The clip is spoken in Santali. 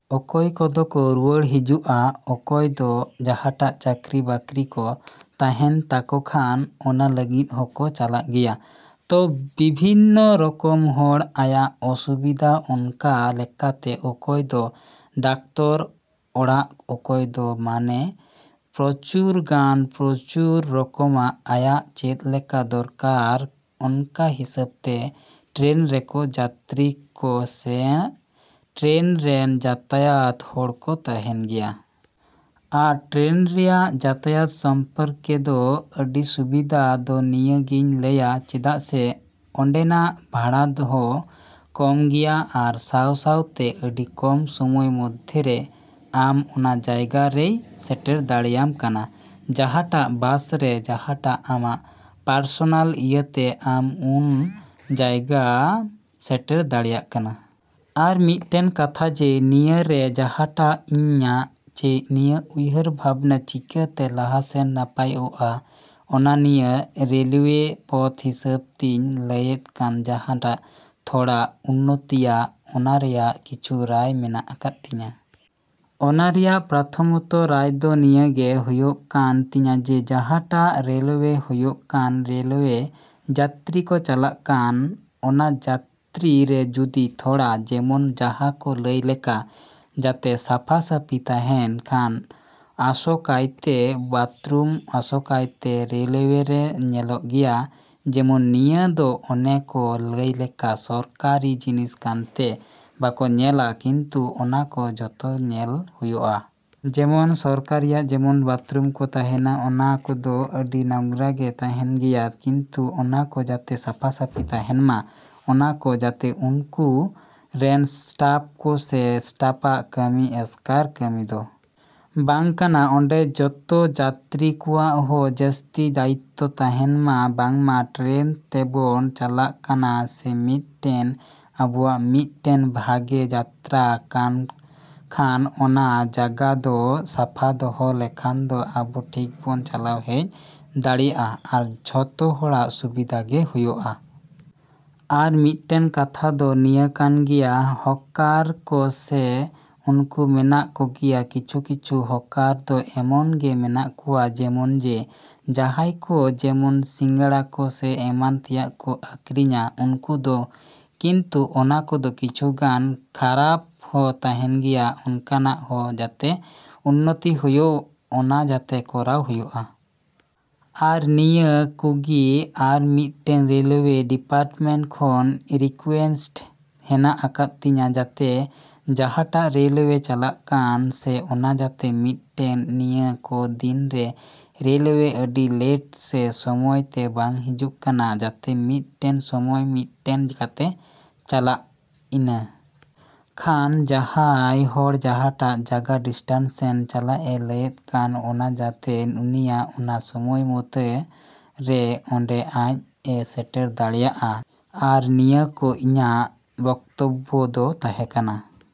ᱚᱠᱚᱭ ᱠᱚᱫᱚ ᱠᱚ ᱨᱩᱭᱟᱹᱲ ᱦᱤᱡᱩᱜᱼᱟ ᱚᱠᱚᱭ ᱫᱚ ᱡᱟᱦᱟᱸᱴᱟᱜ ᱪᱟᱠᱨᱤ ᱵᱟᱠᱨᱤ ᱠᱚ ᱛᱟᱦᱮᱱ ᱛᱟᱠᱚ ᱠᱷᱟᱱ ᱚᱱᱟ ᱞᱟᱹᱜᱤᱫ ᱦᱚᱠᱚ ᱪᱟᱞᱟᱜ ᱜᱮᱭᱟ᱾ ᱛᱚ ᱵᱤᱵᱷᱤᱱᱱᱚ ᱨᱚᱠᱚᱢ ᱦᱚᱲ ᱟᱭᱟᱜ ᱚᱥᱩᱵᱤᱫᱷᱟ ᱚᱱᱠᱟ ᱞᱮᱠᱟᱛᱮ ᱚᱠᱚᱭ ᱫᱚ ᱰᱟᱠᱛᱚᱨ ᱚᱲᱟᱜ ᱚᱠᱚᱭ ᱫᱚ ᱢᱟᱱᱮ ᱯᱨᱚᱪᱩᱨ ᱜᱟᱱ ᱯᱨᱚᱪᱩᱨ ᱨᱚᱠᱚᱢᱟᱜ ᱟᱭᱟᱜ ᱪᱮᱫ ᱞᱮᱠᱟ ᱫᱚᱨᱠᱟᱨ ᱚᱱᱠᱟ ᱦᱤᱥᱟᱹᱵᱽ ᱛᱮ ᱴᱨᱮᱱ ᱨᱮᱠᱚ ᱡᱟᱛᱛᱨᱤ ᱠᱚ ᱥᱮ ᱴᱨᱮᱱ ᱨᱮᱱ ᱡᱟᱛᱟᱭᱟᱛ ᱦᱚᱲ ᱠᱚ ᱛᱟᱦᱮᱱ ᱜᱮᱭᱟ᱾ ᱟᱨ ᱴᱨᱮᱱ ᱨᱮᱭᱟᱜ ᱡᱟᱛᱟᱭᱟᱛ ᱥᱚᱢᱯᱨᱠᱮ ᱫᱚ ᱟᱹᱰᱤ ᱥᱩᱵᱤᱫᱷᱟ ᱫᱚ ᱱᱤᱭᱟᱹ ᱜᱮᱧ ᱞᱟᱹᱭᱟ ᱪᱮᱫᱟᱜ ᱡᱮ ᱚᱸᱰᱮᱱᱟᱜ ᱵᱷᱟᱲᱟ ᱦᱚᱸ ᱠᱚᱢ ᱜᱮᱭᱟ ᱟᱨ ᱥᱟᱶ ᱥᱟᱶᱛᱮ ᱟᱹᱰᱤ ᱠᱚᱢ ᱥᱳᱢᱳᱭ ᱢᱚᱫᱽᱫᱷᱮᱨᱮ ᱟᱢ ᱚᱱᱟ ᱡᱟᱭᱜᱟᱨᱮᱭ ᱥᱮᱴᱮᱨ ᱫᱟᱲᱮᱭᱟᱢ ᱠᱟᱱᱟ ᱡᱟᱦᱟᱸᱴᱟᱜ ᱵᱟᱥ ᱥᱮ ᱡᱟᱦᱟᱴᱟᱜ ᱟᱢᱟᱜ ᱯᱟᱨᱥᱚᱱᱟᱞ ᱤᱭᱟᱹᱛᱮ ᱟᱢ ᱩᱱᱟᱹ ᱡᱟᱭᱜᱟᱢ ᱥᱮᱴᱮᱨ ᱫᱟᱲᱮᱭᱟᱜ ᱠᱟᱱᱟ᱾ ᱟᱨ ᱢᱤᱫ ᱴᱮᱱ ᱠᱟᱛᱷᱟ ᱡᱮ ᱱᱤᱭᱟᱹᱨᱮ ᱡᱟᱦᱟ ᱴᱟᱜ ᱤᱧᱟᱹᱜ ᱡᱮ ᱱᱤᱭᱟᱹ ᱩᱭᱦᱟ.ᱨ ᱵᱷᱟᱵᱱᱟ ᱪᱤᱠᱟᱹᱛᱮ ᱞᱟᱦᱟ ᱥᱮᱱ ᱱᱟᱯᱟᱭ ᱚᱜ-ᱟ ᱚᱱᱟ ᱱᱤᱭᱟᱹ ᱨᱮᱞᱳᱣᱮ ᱯᱚᱫᱽ ᱦᱤᱥᱟᱹᱵ ᱛᱤᱧ ᱞᱟᱹᱭᱮᱫ ᱠᱟᱱ ᱡᱟᱦᱟᱸᱴᱟᱜ ᱛᱷᱚᱲᱟ ᱩᱱᱱᱚᱛᱤᱭᱟ ᱚᱱᱟ ᱨᱮᱭᱟᱜ ᱠᱤᱪᱷᱩ ᱨᱟᱭ ᱢᱮᱱᱟᱜ ᱟᱠᱟᱫ ᱛᱤᱧᱟ᱾ ᱚᱱᱟ ᱨᱮᱭᱟᱜ ᱯᱨᱚᱛᱷᱚᱢᱚᱛᱚ ᱨᱟᱭ ᱫᱚ ᱱᱤᱭᱟᱹᱜᱮ ᱦᱳᱭᱳᱜ ᱠᱟᱱ ᱛᱤᱧᱟ ᱡᱮ ᱡᱟᱦᱟᱸᱴᱟᱜ ᱨᱮᱞᱳᱣᱮ ᱦᱳᱭᱳᱜ ᱠᱟᱱ ᱨᱮᱞᱳᱣᱮ ᱡᱟᱛᱨᱤ ᱠᱚ ᱪᱟᱞᱟᱜ ᱠᱟᱱ ᱚᱱᱟ ᱡᱟᱛᱛᱨᱤ ᱨᱮ ᱡᱩᱫᱤ ᱛᱷᱚᱲᱟ ᱡᱮᱢᱚᱱ ᱡᱟᱦᱟᱸ ᱠᱚ ᱞᱟᱹᱭ ᱞᱮᱠᱟ ᱡᱟᱛᱮ ᱥᱟᱯᱷᱟ ᱥᱟᱹᱯᱷᱤ ᱛᱟᱦᱮᱱ ᱠᱷᱟᱱ ᱟᱥᱚᱠᱟᱭᱛᱮ ᱵᱟᱛᱨᱩᱢ ᱟᱥᱚᱠᱟᱭᱛᱮ ᱨᱮᱞᱳᱣᱮ ᱨᱮ ᱧᱮᱞᱚᱜ ᱜᱮᱭᱟ ᱡᱮᱢᱚᱱ ᱱᱤᱭᱟᱹ ᱫᱚ ᱚᱱᱮ ᱠᱚ ᱞᱟᱹᱭ ᱞᱮᱠᱟ ᱥᱚᱨᱠᱟᱨᱤ ᱡᱤᱱᱤᱥ ᱠᱟᱱ ᱛᱮ ᱵᱟᱠᱚ ᱧᱮᱞᱟ ᱠᱤᱱᱛᱩ ᱚᱱᱟ ᱠᱚ ᱡᱷᱚᱛᱚ ᱧᱮᱞ ᱦᱳᱭᱳᱜᱼᱟ᱾ ᱡᱮᱢᱚᱱ ᱥᱚᱨᱠᱟᱨᱤᱭᱟᱜ ᱡᱮᱢᱚᱱ ᱵᱟᱛᱷᱨᱩᱢ ᱠᱚ ᱛᱟᱦᱮᱱᱟ ᱚᱱᱟ ᱠᱚᱫᱚ ᱟᱹᱰᱤ ᱱᱚᱜᱽᱨᱟ ᱜᱮ ᱛᱟᱦᱮᱱ ᱜᱮᱭᱟ ᱠᱤᱱᱛᱩ ᱚᱱᱟᱠᱚ ᱡᱟᱛᱮ ᱥᱟᱯᱷᱟ ᱥᱟᱹᱯᱷᱤ ᱛᱟᱦᱮᱱ ᱢᱟ᱾ ᱚᱱᱟ ᱠᱚ ᱡᱟᱛᱮ ᱩᱱᱠᱩ ᱨᱮᱱ ᱥᱴᱟᱯ ᱠᱚ ᱥᱮ ᱥᱴᱟᱯᱟᱜ ᱠᱟᱢᱤ ᱮᱥᱠᱟᱨ ᱠᱟᱹᱢᱤ ᱫᱚ ᱵᱟᱝ ᱠᱟᱱᱟ ᱚᱸᱰᱮ ᱡᱚᱛᱚ ᱡᱟᱛᱨᱤ ᱠᱚᱣᱟᱜ ᱦᱚᱸ ᱡᱟᱥᱛᱤ ᱫᱟᱭᱤᱛᱛᱚ ᱛᱟᱦᱮᱱᱢᱟ ᱵᱟᱝᱢᱟ ᱴᱨᱮᱱ ᱛᱮᱵᱚᱱ ᱪᱟᱞᱟᱜ ᱠᱟᱱᱟ ᱥᱮ ᱢᱤᱫ ᱴᱮᱱ ᱟᱵᱚᱣᱟᱜ ᱢᱤᱫ ᱴᱮᱱ ᱵᱷᱟᱜᱮ ᱡᱟᱛᱛᱨᱟ ᱠᱟᱱ ᱠᱷᱟᱱ ᱚᱱᱟ ᱡᱟᱸᱜᱟ ᱫᱚ ᱥᱟᱯᱷᱟ ᱫᱚᱦᱚ ᱞᱮᱠᱷᱟᱱ ᱫᱚ ᱟᱵᱚ ᱴᱷᱤᱠ ᱵᱚᱱ ᱪᱟᱞᱟᱣ ᱦᱮᱡ ᱫᱟᱲᱮᱭᱟᱜᱼᱟ ᱟᱨ ᱡᱷᱚᱛᱚ ᱦᱚᱲᱟᱜ ᱥᱩᱵᱤᱫᱷᱟ ᱜᱮ ᱦᱳᱭᱳᱜᱼᱟ᱾ ᱟᱨ ᱢᱤᱫ ᱴᱮᱱ ᱠᱟᱛᱷᱟ ᱫᱚ ᱱᱤᱭᱟᱹ ᱠᱟᱱ ᱜᱮᱭᱟ ᱦᱚᱠᱟᱨ ᱠᱚ ᱥᱮ ᱩᱱᱠᱩ ᱢᱮᱱᱟᱜ ᱠᱚᱜᱮᱭᱟ ᱠᱤᱪᱷᱩ ᱠᱤᱪᱷᱩ ᱦᱚᱠᱟᱨ ᱫᱚ ᱮᱢᱚᱱ ᱜᱮ ᱢᱮᱱᱟᱜ ᱠᱚᱣᱟ ᱡᱮᱢᱚᱱ ᱡᱮ ᱡᱟᱦᱟᱸᱭ ᱠᱚ ᱡᱮᱢᱚᱱ ᱥᱤᱜᱟᱹᱲᱟ ᱠᱚ ᱥᱮ ᱮᱢᱟᱱ ᱛᱮᱭᱟᱜ ᱠᱚ ᱟᱹᱠᱷᱨᱤᱧᱟ ᱩᱱᱠᱩ ᱫᱚ ᱠᱤᱱᱛᱩ ᱚᱱᱟ ᱠᱚᱫᱚ ᱠᱤᱪᱷᱩ ᱜᱟᱱ ᱠᱷᱟᱨᱟᱯ ᱦᱚᱸ ᱛᱟᱦᱮᱱ ᱜᱮᱭᱟ ᱚᱱᱠᱟᱱᱟᱜ ᱦᱚᱸ ᱡᱟᱛᱮ ᱩᱱᱱᱚᱛᱤ ᱦᱳᱭᱳᱜ ᱚᱱᱟ ᱡᱟᱛᱮ ᱠᱚᱨᱟᱣ ᱦᱳᱭᱳᱜᱼᱟ᱾ ᱟᱨ ᱱᱤᱭᱟᱹ ᱠᱩᱜᱮ ᱟᱨ ᱢᱤᱫ ᱴᱮᱱ ᱨᱮᱞᱳᱣᱮ ᱰᱤᱯᱟᱨᱴᱢᱮᱱᱴ ᱠᱷᱚᱱ ᱨᱤᱠᱩᱭᱮᱥᱴ ᱦᱮᱱᱟᱜ ᱟᱠᱟᱫ ᱛᱤᱧᱟᱹ ᱡᱟᱛᱮ ᱡᱟᱦᱟᱸᱴᱟᱜ ᱨᱮᱞᱳᱣᱮ ᱪᱟᱞᱟᱜ ᱠᱟᱱ ᱥᱮ ᱚᱱᱟ ᱡᱟᱛᱮ ᱢᱤᱫ ᱴᱮᱱ ᱱᱤᱭᱟᱹᱠᱚ ᱫᱤᱱ ᱨᱮ ᱨᱮᱞᱳᱣᱮ ᱟᱹᱰᱤ ᱞᱮᱴ ᱥᱮ ᱥᱳᱢᱚᱭ ᱛᱮ ᱵᱟᱝ ᱦᱤᱡᱩᱜ ᱠᱟᱱᱟ ᱡᱟᱛᱮ ᱢᱤᱫ ᱴᱮᱱ ᱥᱳᱢᱳᱭ ᱢᱮᱱᱴᱮᱱ ᱠᱟᱛᱮ ᱪᱟᱞᱟᱜ ᱾ᱤᱱᱟᱹ ᱠᱷᱟᱱ ᱡᱟᱦᱟᱸᱭ ᱦᱚᱲ ᱡᱟᱦᱟᱸᱴᱟᱜ ᱡᱟᱸᱜᱟ ᱰᱤᱥᱴᱮᱱᱥᱮᱱ ᱪᱟᱞᱟᱜ ᱮ ᱞᱟᱹᱭᱮᱫ ᱠᱟᱱ ᱚᱱᱟ ᱡᱟᱛᱮ ᱩᱱᱤᱭᱟᱜ ᱚᱱᱟ ᱥᱳᱢᱳᱭ ᱢᱚᱛᱚᱨᱮ ᱚᱰᱮ ᱟᱡ ᱮ ᱥᱮᱴᱮᱨ ᱫᱟᱲᱮᱭᱟᱜᱼᱟ᱾ ᱟᱨ ᱱᱤᱭᱟᱹ ᱠᱚ ᱤᱧᱟᱜ ᱵᱚᱠᱛᱚᱵᱽᱵᱚ ᱫᱚ ᱛᱟᱦᱮᱸ ᱠᱟᱱᱟ᱾।